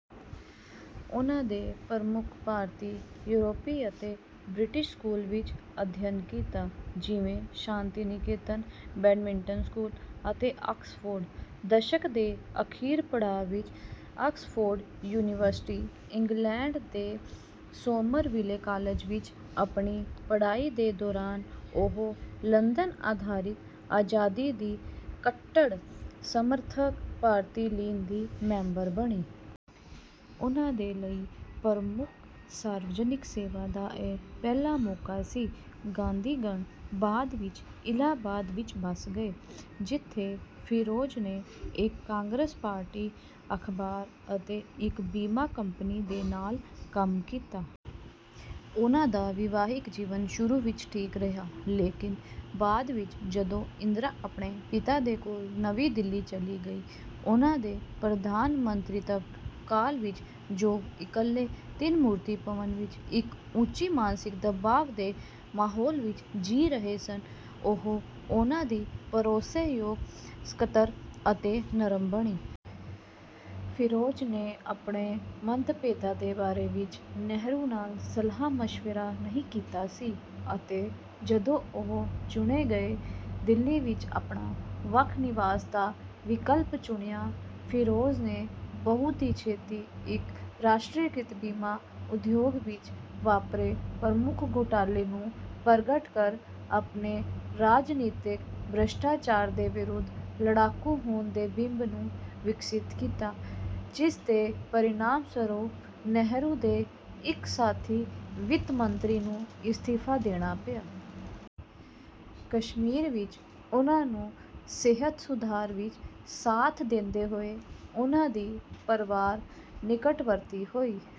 ਉਨ੍ਹਾਂ ਨੇ ਪ੍ਰਮੁੱਖ ਭਾਰਤੀ, ਯੂਰਪੀ ਅਤੇ ਬ੍ਰਿਟਿਸ਼ ਸਕੂਲਾਂ ਵਿੱਚ ਅਧਿਅਨ ਕੀਤਾ, ਜਿਵੇਂ ਸ਼ਾਂਤੀਨਿਕੇਤਨ, ਬੈਡਮਿੰਟਨ ਸਕੂਲ ਅਤੇ ਆਕਸਫੋਰਡ। ਦਸ਼ਕ ਦੇ ਅਖੀਰ ਪੜਾਅ ਵਿੱਚ ਆਕਸਫਰਡ ਯੂਨੀਵਰਸਿਟੀ, ਇੰਗਲੈਂਡ ਦੇ ਸੋਮਰਵਿੱਲੇ ਕਾਲਜ ਵਿੱਚ ਆਪਣੀ ਪੜਾਈ ਦੇ ਦੌਰਾਨ ਉਹ ਲੰਦਨ ਆਧਾਰਿਤ ਆਜ਼ਾਦੀ ਦੀ ਕੱਟੜ ਸਮਰਥਕ ਭਾਰਤੀ ਲੀਗ ਦੀ ਮੈਂਬਰ ਬਣੀ। ਉਨ੍ਹਾਂ ਦੇ ਲਈ ਪ੍ਰਮੁੱਖ ਸਾਰਵਜਨਿਕ ਸੇਵਾ ਦਾ ਇਹ ਪਹਿਲਾ ਮੌਕਾ ਸੀ। ਗਾਂਧੀਗਣ ਬਾਅਦ ਵਿੱਚ ਇਲਾਹਾਬਾਦ ਵਿੱਚ ਬਸ ਗਏ, ਜਿੱਥੇ ਫਿਰੋਜ ਨੇ ਇੱਕ ਕਾਂਗਰਸ ਪਾਰਟੀ ਅਖਬਾਰ ਅਤੇ ਇੱਕ ਬੀਮਾ ਕੰਪਨੀ ਦੇ ਨਾਲ ਕੰਮ ਕੀਤਾ। ਉਨ੍ਹਾਂ ਦਾ ਵਿਵਾਹਿਕ ਜੀਵਨ ਸ਼ੁਰੂ ਵਿੱਚ ਠੀਕ ਰਿਹਾ, ਲੇਕਿਨ ਬਾਅਦ ਵਿੱਚ ਜਦੋਂ ਇੰਦਰਾ ਆਪਣੇ ਪਿਤਾ ਦੇ ਕੋਲ ਨਵੀਂ ਦਿੱਲੀ ਚੱਲੀ ਗਈ, ਉਨ੍ਹਾਂ ਦੇ ਪ੍ਰਧਾਨਮੰਤਰਿਤਵ ਕਾਲ ਵਿੱਚ ਜੋ ਇਕੱਲੇ ਤਿੰਨ ਮੂਰਤੀ ਭਵਨ ਵਿੱਚ ਇੱਕ ਉੱਚ ਮਾਨਸਿਕ ਦਬਾਅ ਦੇ ਮਾਹੌਲ ਵਿੱਚ ਜੀ ਰਹੇ ਸਨ, ਉਹ ਉਨ੍ਹਾਂ ਦੀ ਭਰੋਸੇ ਯੋਗ, ਸਕੱਤਰ ਅਤੇ ਨਰਸ ਬਣੀ। ਫਿਰੋਜ ਨੇ ਆਪਣੇ ਮੱਤਭੇਦਾਂ ਦੇ ਬਾਰੇ ਵਿੱਚ ਨਹਿਰੂ ਨਾਲ ਸਲਾਹ ਮਸ਼ਵਿਰਾ ਨਹੀ ਕੀਤਾ ਸੀ, ਅਤੇ ਜਦੋਂ ਉਹ ਚੁਣੇ ਗਏ, ਦਿੱਲੀ ਵਿੱਚ ਆਪਣਾ ਵੱਖ ਨਿਵਾਸ ਦਾ ਵਿਕਲਪ ਚੁਣਿਆ। ਫਿਰੋਜ ਨੇ ਬਹੁਤ ਹੀ ਛੇਤੀ ਇੱਕ ਰਾਸ਼ਟਰੀਕ੍ਰਿਤ ਬੀਮਾ ਉਦਯੋਗ ਵਿੱਚ ਵਾਪਰੇ ਪ੍ਰਮੁੱਖ ਘੋਟਾਲੇ ਨੂੰ ਪਰਗਟ ਕਰ ਆਪਣੇ ਰਾਜਨੀਤਕ ਭ੍ਰਿਸ਼ਟਾਚਾਰ ਦੇ ਵਿਰੁੱਧ ਲੜਾਕੂ ਹੋਣ ਦੇ ਬਿੰਬ ਨੂੰ ਵਿਕਸਿਤ ਕੀਤਾ, ਜਿਸਦੇ ਪਰਿਣਾਮਸਰੂਪ ਨਹਿਰੂ ਦੇ ਇੱਕ ਸਾਥੀ, ਵਿੱਤ ਮੰਤਰੀ, ਨੂੰ ਇਸਤੀਫਾ ਦੇਣਾ ਪਿਆ। ਕਸ਼ਮੀਰ ਵਿੱਚ ਉਨ੍ਹਾਂ ਨੂੰ ਸਿਹਤ ਸੁਧਾਰ ਵਿੱਚ ਸਾਥ ਦਿੰਦੇ ਹੋਏ ਉਨ੍ਹਾਂ ਦੀ ਪਰਵਾਰ ਨਿਕਟਵਰਤੀ ਹੋਈ।